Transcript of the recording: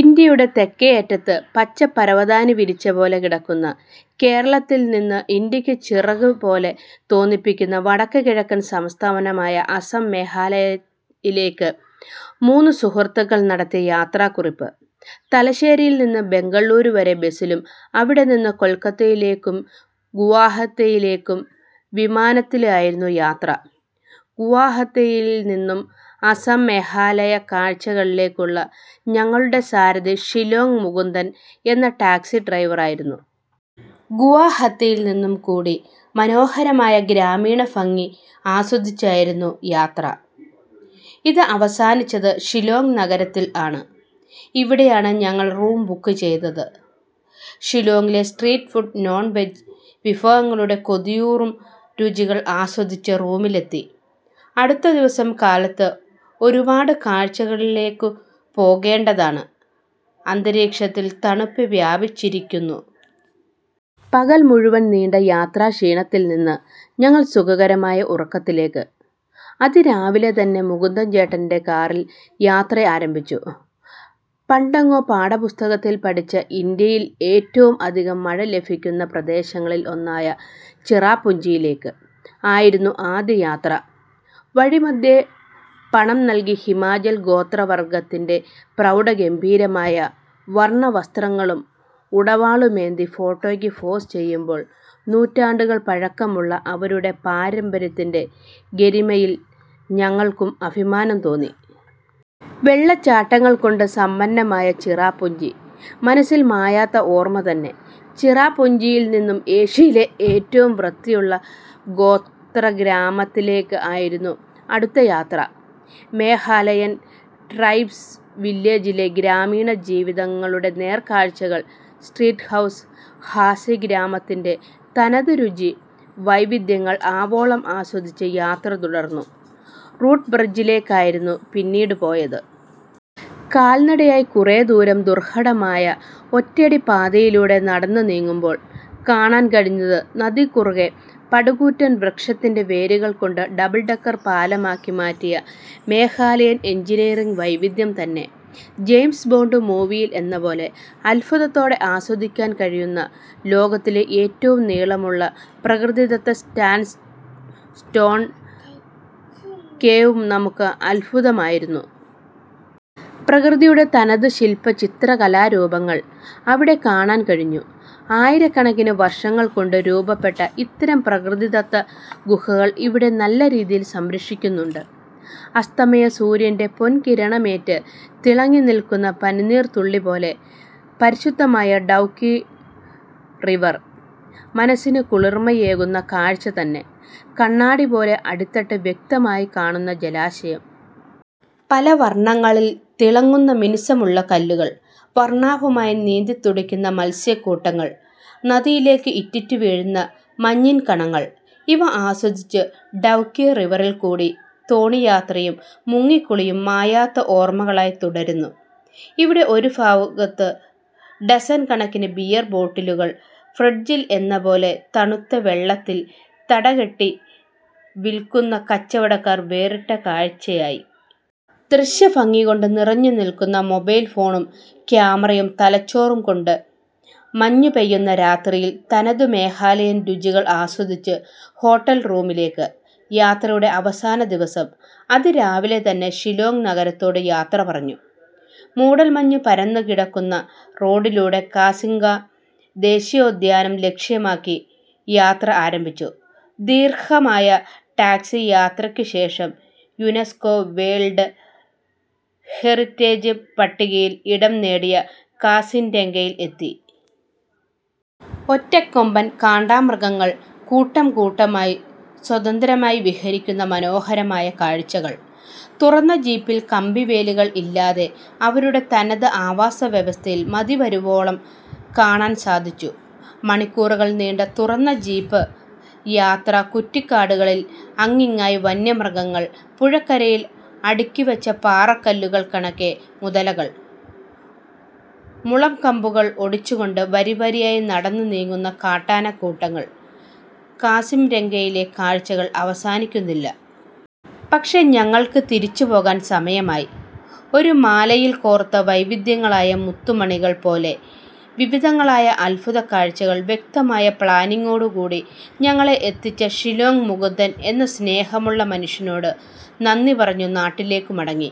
ഇന്ത്യയുടെ തെക്കേയറ്റത്ത് പച്ചപരവതാനി വിരിച്ച പോലെ കിടക്കുന്ന കേരളത്തിൽ നിന്നു ഇന്ത്യക്ക് ചിറക് പോലെ തോന്നിപ്പിക്കുന്ന വടക്ക് കിഴക്കൻ സംസ്ഥാനമായ അസം, മേഘാലയയിലേക്ക് മൂന്നുസുഹൃത്തുക്കൾ നടത്തിയ യാത്രാക്കുറിപ്പ്. തലശ്ശേരിയിൽനിന്നു ബെംഗളൂരു വരെ ബസിലും അവിടെ നിന്ന് കൊൽക്കത്തയിലേക്കും ഗുവാഹത്തിയിലേക്കും വിമാനത്തിലായിരുന്നു യാത്ര. ഗുവാഹത്തിയിൽനിന്നും അസാം, മേഘാലയ കാഴ്ചകളിലേക്കുള്ള ഞങ്ങളുടെ സാരഥി ഷിലോങ്ങ് മുകുന്ദൻ എന്ന ടാക്സി ഡ്രൈവറായിരുന്നു. ഗുവാഹത്തിയിൽ നിന്നും കൂടി മനോഹരമായ ഗ്രാമീണഭംഗി ആസ്വദിച്ചായിരുന്നു യാത്ര. ഇത് അവസാനിപ്പിച്ചത് ഷിലോങ്ങ് നഗരത്തിൽ ആണ്. ഇവിടെയാണ് ഞങ്ങൾ റൂം ബുക്ക് ചെയ്തത്. ഷിലോങ്ങിലെ സ്ട്രീറ്റ് ഫുഡ് നോൺ വെജ് വിഭവങ്ങളുടെ കൊതിയൂറും രുചികൾ ആസ്വദിച്ച് റൂമിലെത്തി. അടുത്ത ദിവസം കാലത്ത് ഒരുപാട് കാഴ്ചകളിലേക്കു പോകേണ്ടതാണ്, അന്തരീക്ഷത്തിൽ തണുപ്പ് വ്യാപിച്ചിരിക്കുന്നു. പകൽ മുഴുവൽ നീണ്ട യാത്രാക്ഷീണത്തിൽനിന്ന് ഞങ്ങൾ സുഖകരമായ ഉറക്കത്തിലേക്ക് അതിരാവിലെതന്നെ മുകുന്ദൻ ചേട്ടന്‍റെ കാറിൽ യാത്ര ആരംഭിച്ചു. പണ്ടെങ്ങോ പാഠപുസ്തകത്തിൽ പഠിച്ച ഇന്ത്യയിൽ ഏറ്റവും അധികം മഴ ലഭിക്കുന്ന പ്രദേശങ്ങളിൽ ഒന്നായ ചിറാപുഞ്ചിയിലേക്ക് ആയിരുന്നു ആദ്യ യാത്ര. വഴിമധ്യേ പണം നൽകി ഹിമാചൽ ഗോത്രവർഗ്ഗത്തിന്‍റെ പ്രൗഢഗംഭീരമായ വർണവസ്ത്രങ്ങളും ഉടവാളുമേന്തി ഫോട്ടോക്ക് പോസ് ചെയുമ്പോൾ നൂറ്റാണ്ടുകൾ പഴക്കമുള്ള അവരുടെ പാരമ്പര്യത്തിന്‍റെ ഗരിമയിൽ ഞങ്ങൾക്കും അഭിമാനം തോന്നി. വെള്ളച്ചാട്ടങ്ങൾകൊണ്ട് സമ്പന്നമായ ചിറാപുഞ്ചി മനസ്സിൽ മായാത്ത ഓർമ തന്നെ. ചിറാപുഞ്ചിയിൽനിന്നും ഏഷ്യയിലെ ഏറ്റവും വൃത്തിയുള്ള ഗോത്ര ഗ്രാമത്തിലേക്ക് ആയിരുന്നു അടുത്തയാത്ര. മേഘാലയൻ ട്രൈബ്സ് വില്ലേജിലെ ഗ്രാമീണ ജീവിതങ്ങളുടെ നേർക്കാഴ്ചകൾ, സ്ട്രീറ്റ് ഹൗസ്, ഖാസി ഗ്രാമത്തിന്‍റെ തനതുരുചി വൈവിദ്ധ്യങ്ങൾ ആവോളം ആസ്വദിച്ച് യാത്ര തുടർന്നു. റൂട്ട് ബ്രഡ്ജിലേക്കായിരുന്നു പിന്നീട്പോയത്. കാൽനടയായി കുറേദൂരം ദുർഘടമായ ഒറ്റയടി പാതയിലൂടെ നടന്നു നീങ്ങുമ്പോൾ കാണാൻ കഴിഞ്ഞത് നദിക്കുകുറുകെ പടുകൂറ്റൻ വൃക്ഷത്തിന്‍റെ വേരുകൾ കൊണ്ട് ഡബിൾഡക്കർ പാലമാക്കി മാറ്റിയ മേഘാലയൻ എൻജിനിയറിങ് വൈവിദ്ധ്യംതന്നെ. ജെയിംസ് ബോണ്ട് മൂവിയിൽ എന്നപോലെ അദ്ഭുതത്തോടെ ആസ്വദിക്കാൻ കഴിയുന്ന ലോകത്തിലെ ഏറ്റവും നീളമുള്ള പ്രകൃതിദത്ത സാൻഡ്സ്റ്റോൺ കേവ് നമ്മുക്ക് അദ്ഭുതമായിരുന്നു. പ്രകൃതിയുടെ തനതു ശിൽപ, ചിത്രകലാ രൂപങ്ങൾ അവിടെ കാണാൻ കഴിഞ്ഞു. ആയിരക്കണക്കിന് വർഷങ്ങൾ കൊണ്ട് രൂപപ്പെട്ട ഇത്തരം പ്രകൃതിദത്ത ഗുഹകൾ ഇവിടെ നല്ലരീതിയിൽ സംരക്ഷിക്കുന്നുണ്ട്. അസ്തമയ സൂര്യന്‍റെ പൊൻകിരണമേറ്റ് തിളങ്ങി നിൽക്കുന്ന പനിനീർതുള്ളി പോലെ പരിശുദ്ധമായ ഡൗക്കി റിവർ മനസിന് കുളിർമയേകുന്ന കാഴ്ച തന്നെ. കണ്ണാടിപോലെ അടിത്തട്ട് വ്യക്തമായി കാണുന്ന ജലാശയം. പലവർണ്ണങ്ങളിൽ തിളങ്ങുന്ന മിനുസമുള്ള കല്ലുകൾ, വർണാഭമായി നീന്തി തുടിക്കുന്ന മൽസ്യകൂട്ടങ്ങൾ, നദിയിലേക്കു ഇറ്റിറ്റു വീഴുന്ന മഞ്ഞിൻ കണങ്ങൾ ഇവ ആസ്വദിച്ച് ഡൗക്കി റിവറിൽകൂടി തോണി യാത്രയും മുങ്ങികുളിയും മായാത്ത ഓർമകളായി തുടരുന്നു. ഇവിടെ ഒരു ഭാഗത്തു ഡസൻകണക്കിന് ബിയർബോട്ടിലുകൾ ഫ്രിഡ്ജിൽ എന്നപോലെ തണുത്ത വെള്ളത്തിൽ തടകെട്ടി വിൽക്കുന്ന കച്ചവടക്കാർ വേറിട്ട കാഴ്ചയായി. ദൃശ്യ ഭംഗികൊണ്ട് നിറഞ്ഞു നിൽക്കുന്ന മൊബൈൽ ഫോണും, ക്യാമറയും തലച്ചോറുംകൊണ്ട് മഞ്ഞു പെയ്യുന്നരാത്രിയിൽ തനതു മേഘാലയൻ രുചികൾ ആസ്വദിച്ചു ഹോട്ടൽ റൂമിലേക്ക്. യാത്രയുടെ അവസാന ദിവസം അതിരാവിലെതന്നെ ഷിലോങ്ങ് നഗരത്തോട് യാത്രപറഞ്ഞു. മൂടൽമഞ്ഞു പരന്നുകിടക്കുന്ന റോഡിലൂടെ കാസിംഗ ദേശീയോദ്യാനം ലക്ഷ്യമാക്കി യാത്ര ആരംഭിച്ചു. ദീർഘമായ ടാക്സി യാത്രയ്ക്കുശേഷം, യൂനസ്കോ വേൾഡ് ഹെറിറ്റേജ് പട്ടികയിൽ ഇടംനേടിയ കാസിരംഗയിൽ എത്തി. ഒറ്റക്കൊമ്പൻ കാണ്ടാമൃഗങ്ങൾ കൂട്ടംകൂട്ടമായി സ്വതന്ത്രമായി വിഹരിക്കുന്ന മനോഹരമായ കാഴ്ച്ചകൾ, തുറന്ന ജീപ്പിൽ കമ്പിവേലികൾ ഇല്ലാതെ അവരുടെ തനത് ആവാസ വ്യവസ്ഥയിൽ മതിവരുവോളം കാണാൻ സാധിച്ചു. മണിക്കൂറുകൾനീണ്ട തുറന്ന ജീപ്പ് യാത്ര കുറ്റിക്കാടുകളിൽ അങ്ങിങ്ങായി വന്യമൃഗങ്ങൾ, പുഴക്കരയിൽ അടുക്കിവെച്ച പാറകല്ലുകൾ കണക്കെ മുതലകൾ, മുളംകമ്പുകൾ ഒടിച്ചുകൊണ്ട് വരിവരിയായി നടന്നു നീങ്ങുന്ന കാട്ടാനകൂട്ടങ്ങൾ, കാസിം രംഗയിലെ കാഴ്ചകൾ അവസാനിക്കുന്നില്ല. പക്ഷേ ഞങ്ങൾക്ക് തിരിച്ചുപോകാൻ സമയമായി. ഒരു മാലയിൽ കോർത്ത വൈവിദ്ധ്യങ്ങളായ മുത്ത് മണികൾ പോലെ വിവിധങ്ങളായ അത്ഭുതകാഴ്ചൾ വ്യക്തമായ പ്ലാനിങ്ങോടുകൂടി ഞങ്ങളെ എത്തിച്ച ഷിലോങ്ങ് മുകുന്ദൻ എന്ന സ്നേഹമുള്ള മനുഷനോട് നന്ദി പറഞ്ഞു നാട്ടിലേക്കു മടങ്ങി.